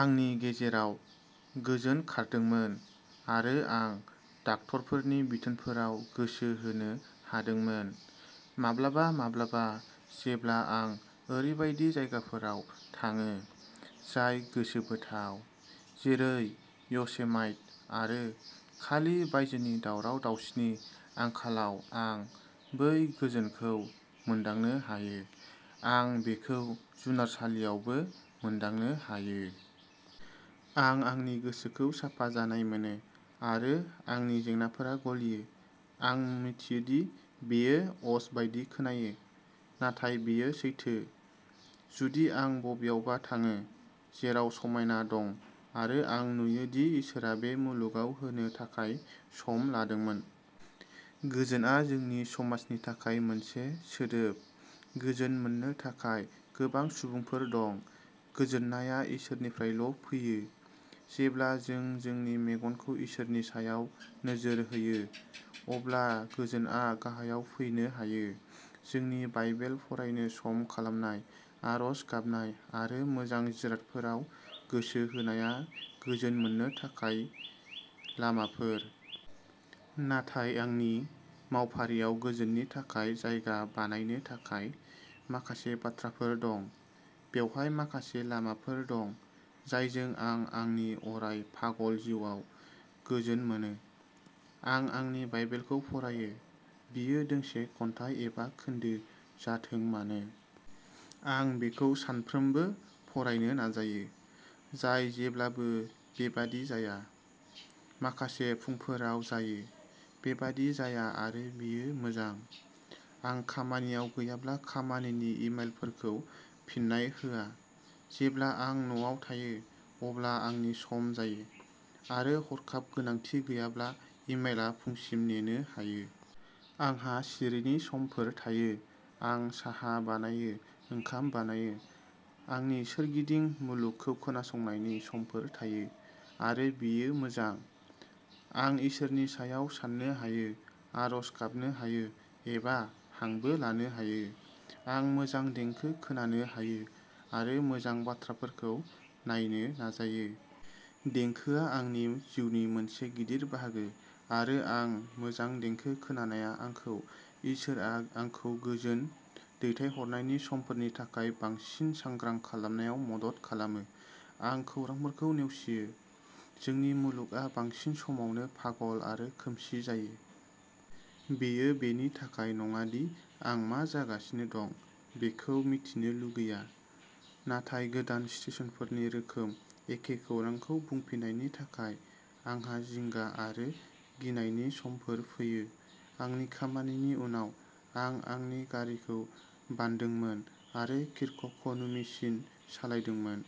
आंनि गेजेराव गोजोन खारदोंमोन आरो आं डाक्ट'रफोरनि बिथोनफोराव गोसो होनो हादोंमोन। माब्लाबा माब्लाबा जेब्ला आं ओरैबायदि जायगाफोराव थाङो जाय गोसोबोथाव। जेरै य'सेमाइट आरो खालि बायजोनि दावराव-दावसिनि आंखालाव आं बै गोजोनखौ मोनदांनो हायो। आं बेखौ जुनारसालियावबो मोनदांनो हायो। आं आंनि गोसोखौ साफा जानाय मोनो आरो आंनि जेंनाफोरा गलियो। आं मिथियो दि बेयो अज बायदि खोनायो, नाथाय बेयो सैथो। जुदि आं बबेयावबा थाङो, जेराव समायनाया दं आरो आं नुयो दि इसोरआ बे मुलुगाव होनो थाखाय सम लादोंमोन। गोजोनआ जोंनि समाजनि थाखाय मोनसे सोदोब, गोजोन मोननो थाखाय गोबां सुबुंफोर दं। गोजोननाया इसोरनिफ्रायल'फैयो। जेब्ला जों जोंनि मेगनखौ इसोरनि सायाव नोजोर होयो, अब्ला गोजोनआ गाहायाव फैनो हायो। जोंनि बाइबेल फरायनो सम खालामनाय, आरज गाबनाय आरो मोजां जिरादफोराव गोसो होनाया गोजोन मोननो थाखाय लामाफोर। नाथाय आंनि मावफारियाव गोजोननि थाखाय जायगा बानायनो थाखाय माखासे बाथ्राफोर दं। बेवहाय माखासे लामाफोर दं, जायजों आं आंनि अराय पागल जिउआव गोजोन मोनो। आं आंनि बाइबेलखौ फरायो। बियो दोंसे खन्थाइ एबा खोन्दो जाथों मानो। आं बेखौ सानफ्रोमबो फरायनो नाजायो। जाय जेब्लाबो बेबादि जाया। माखासे फुंफोराव जायो। बेबादि जाया आरो बेयो मोजां। आं खामानियाव गैयाब्ला खामानिनि इमेलफोरखौ फिननाय होआ। जेब्ला आं न'आव थायो अब्ला आंनि सम जायो आरो हरखाब गोनांथि गैयाब्ला इमेलआ फुंसिम नेनो हायो। आंहा सिरिनि समफोर थायो। आं साहा बानायो, ओंखाम बानायो। आंनि सोरगिदिं मुलुगखौ खोनासंनायनि समफोर थायो आरो बेयो मोजां। आं इसोरनि सायाव साननो हायो, आरज गाबनो हायो एबा हांबो लानो हायो। आं मोजां देंखो खोनानो हायो आरो मोजां बाथ्राफोरखौ नायनो नाजायो। देंखोआ आंनि जिउनि मोनसे गिदिर बाहागो आरो आं मोजां देंखो खोनानाया आंखौ इसोरआ आंखौ गोजोन दैथाय हरनायनि समफोरनि थाखाय बांसिन सांग्रां खालामनायाव मदद खालामो। आं खौरांफोरखौ नेवसियो। जोंनि मुलुगआ बांसिन समावनो पागल आरो खोमसि जायो। बेयो बेनि थाखाय नङा दि आं मा जागासिनो दं बेखौ मिथिनो लुगैया। नाथाय गोदान स्टेशनफोरनि रोखोम एखे खौरांखौ बुंफिननायनि थाखाय आंहा जिंगा आरो गिनायनि समफोर फैयो। आंनि खामानिनि उनाव, आं आंनि गारिखौ बोनदोंमोन आरो किर्कक'नुमिसिम सालायदोंमोन।